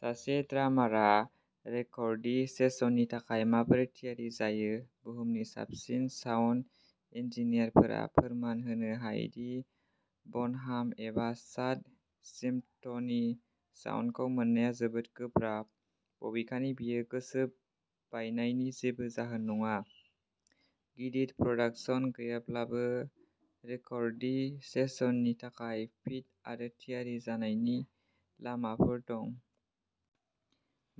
सासे ड्रामारआ रेकर्डि सेसननि थाखाय माबोरै थियारि जायो? बुहुमनि साबसिन साउन्ड इन्जिनियारफोरा फोरमान होनो हायो दि बनहाम एबा चाड स्मिथनि साउन्डखौ मोननाया जोबोद गोब्राब! बबेखानि, बेयो गोसो बायनायनि जेबो जाहोन नङा। गिदिर प्रडाक्शन गैयाब्लाबो, रेकर्डि सेसननि थाखाय फिट आरो थियारि जानायनि लामाफोर दं।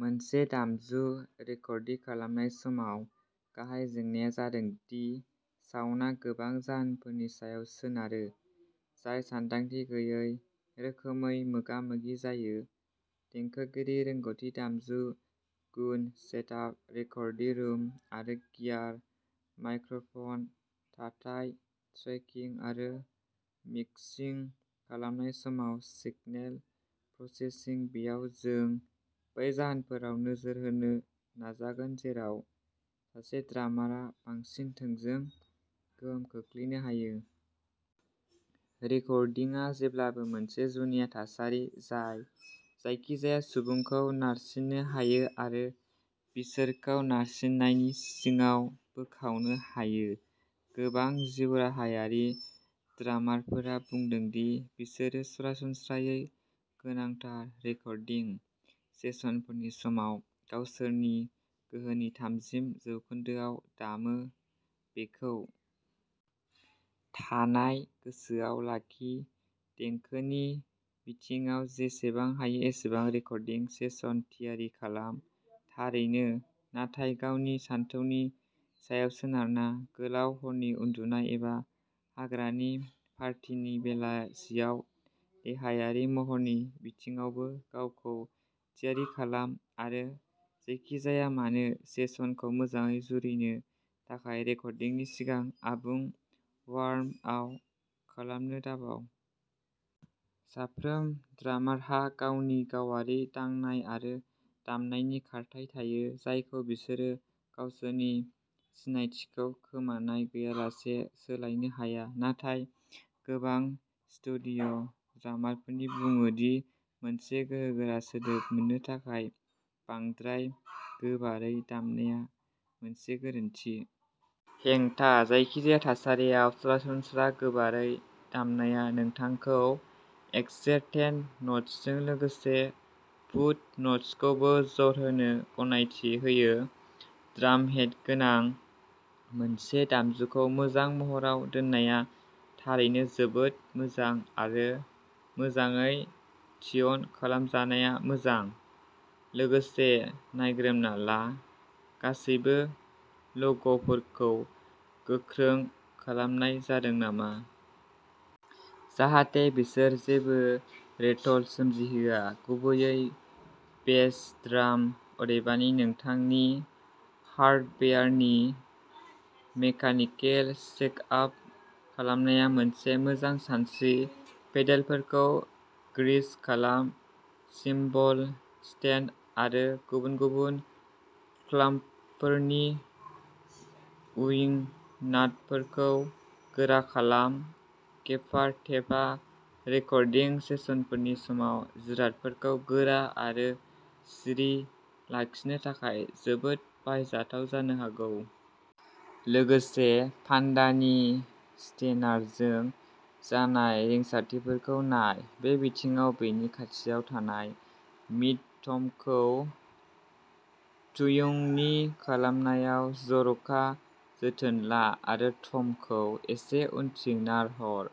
मोनसे दामजु रेकर्डि खालामनाय समाव गाहाय जेंनाया जादों दि साउन्डआ गोबां जाहोनफोरनि सायाव सोनारो जाय सानदांथि गैयै रोखोमै मोगा मोगि जायोः देंखोगिरि रोंग'थि, दामजु गुन, सेटआप, रेकर्डि रुम आरो गियार, माइक्र'फन थाथाय, ट्रेकिं आरो मिक्सिं खालामनाय समाव सिगनेल प्रसेसिं बेयाव जों बै जाहोनफोराव नोजोर होनो नाजागोन जेराव सासे ड्रामारआ बांसिन थोंजों गोहोम खोख्लैनो हायो। रेकर्डिंआ जेब्लाबो मोनसे जुनिया थासारि जाय जायखिजाया सुबुंखौ नारसिननो हायो आरो बिसोरखौ नारसिननायनि सिङाव बोखावनो हायो। गोबां जिउराहायारि ड्रामारफोरा बुदों दि बिसोरो सरासनस्रायै गोनांथार रेकर्डिं सेसनफोरनि समाव गावसोरनि गोहोनि थामजि जौखोन्दोआव दामो। बेखौ थानाय गोसोआव लाखि, देंखोनि बिथिङाव जेसेबां हायो एसेबां रेकर्डिं सेसन थियारि खालाम, थारैनो, नाथाय गावनि सानथौनि सायाव सोनारना गोलाव हरनि उन्दुनाय एबा हाग्रानि पार्टिनि बेलासियाव देहायारि महरनि बिथिङावबो गावखौ थियारि खालाम आरो जेखि जाया मानो, सेसनखौ मोजाङै जुरिनो थाखाय रेकर्डिंनि सिगां आबुं वार्म आप खालामनो दाबाव। साफ्रोम ड्रामारहा गावनि गावारि दांनाय आरो दामनायनि खारथाइ थायो, जायखौ बिसोरो गावसोरनि सिनायथिखौ खोमानाय गैयालासे सोलायनो हाया, नाथाय गोबां स्टुडिय' ड्रामारफोरनि बुङो दि मोनसे गोहोगोरा सोदोब मोननो थाखाय बांद्राय गोबारै दामनाया मोनसे गोरोन्थि। हेंथा? जायखिजाया थासारियाव, सरासनस्रा गोबारै दामनाया नोंथांखौ एक्सेन्टेड न'ट्सजों लोगोसे भुत न'ट्सखौबो जर होनो गनायथि होयो। ड्रामहेड गोनां मोनसे दामजुखौ मोजां महराव दोननाया थारैनो जोबोद मोजां आरो मोजाङै टिउन खालामजानाया मोजां। लोगोसे नायग्रोमना ला गासैबो लग'फोरखौ गोख्रों खालामनाय जादों नामा। जाहाथे बिसोर जेबो रेटल सोमजिहोआ, गुबैयै बेस ड्राम। अदेबानि, नोंथांनि हार्डवेयारनि मेकानिकेल चेकआप खालामनाया मोनसे मोजां सानस्रिः पेडेलफोरखौ ग्रीस खालाम, सिम्बल स्टेन्ड आरो गुबुन गुबुन क्लाम्पफोरनि उइं नाटफोरखौ गोरा खालाम। गेफार टेपआ रेकर्डिं सेसनफोरनि समाव जिरादफोरखौ गोरा आरो सिरि लाखिनो थाखाय जोबोद बाहायजाथाव जानो हागौ। लोगोसे, फान्दानि स्ट्रनारजों जानाय रिंसारथिफोरखौ नाय। बे बिथिङाव, बेनि खाथियाव थानाय मिड-टमखौ ट्युनि खालामनायाव जर'खा जोथोन ला आरो टमखौ एसे उनथिं नारहर।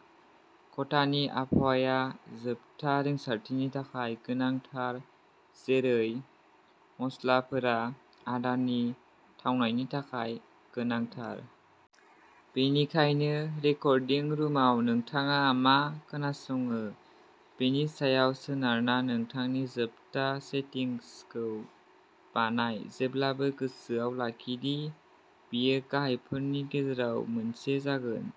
खथानि आबहावाया जोबथा रिंसारथिनि थाखाय गोनांथार, जेरै मस्लाफोरा आदारनि थावनायनि थाखाय गोनांथार। बेनिखायनो रेकर्डिं रुमाव नोंथाङा मा खोनासङो बेनि सायाव सोनारना नोंथांनि जोबथा सेटिंसखौ बानाय, जेब्लाबो गोसोआव लाखि दि बेयो गाहायफोरनि गेजेराव मोनसे जागोन।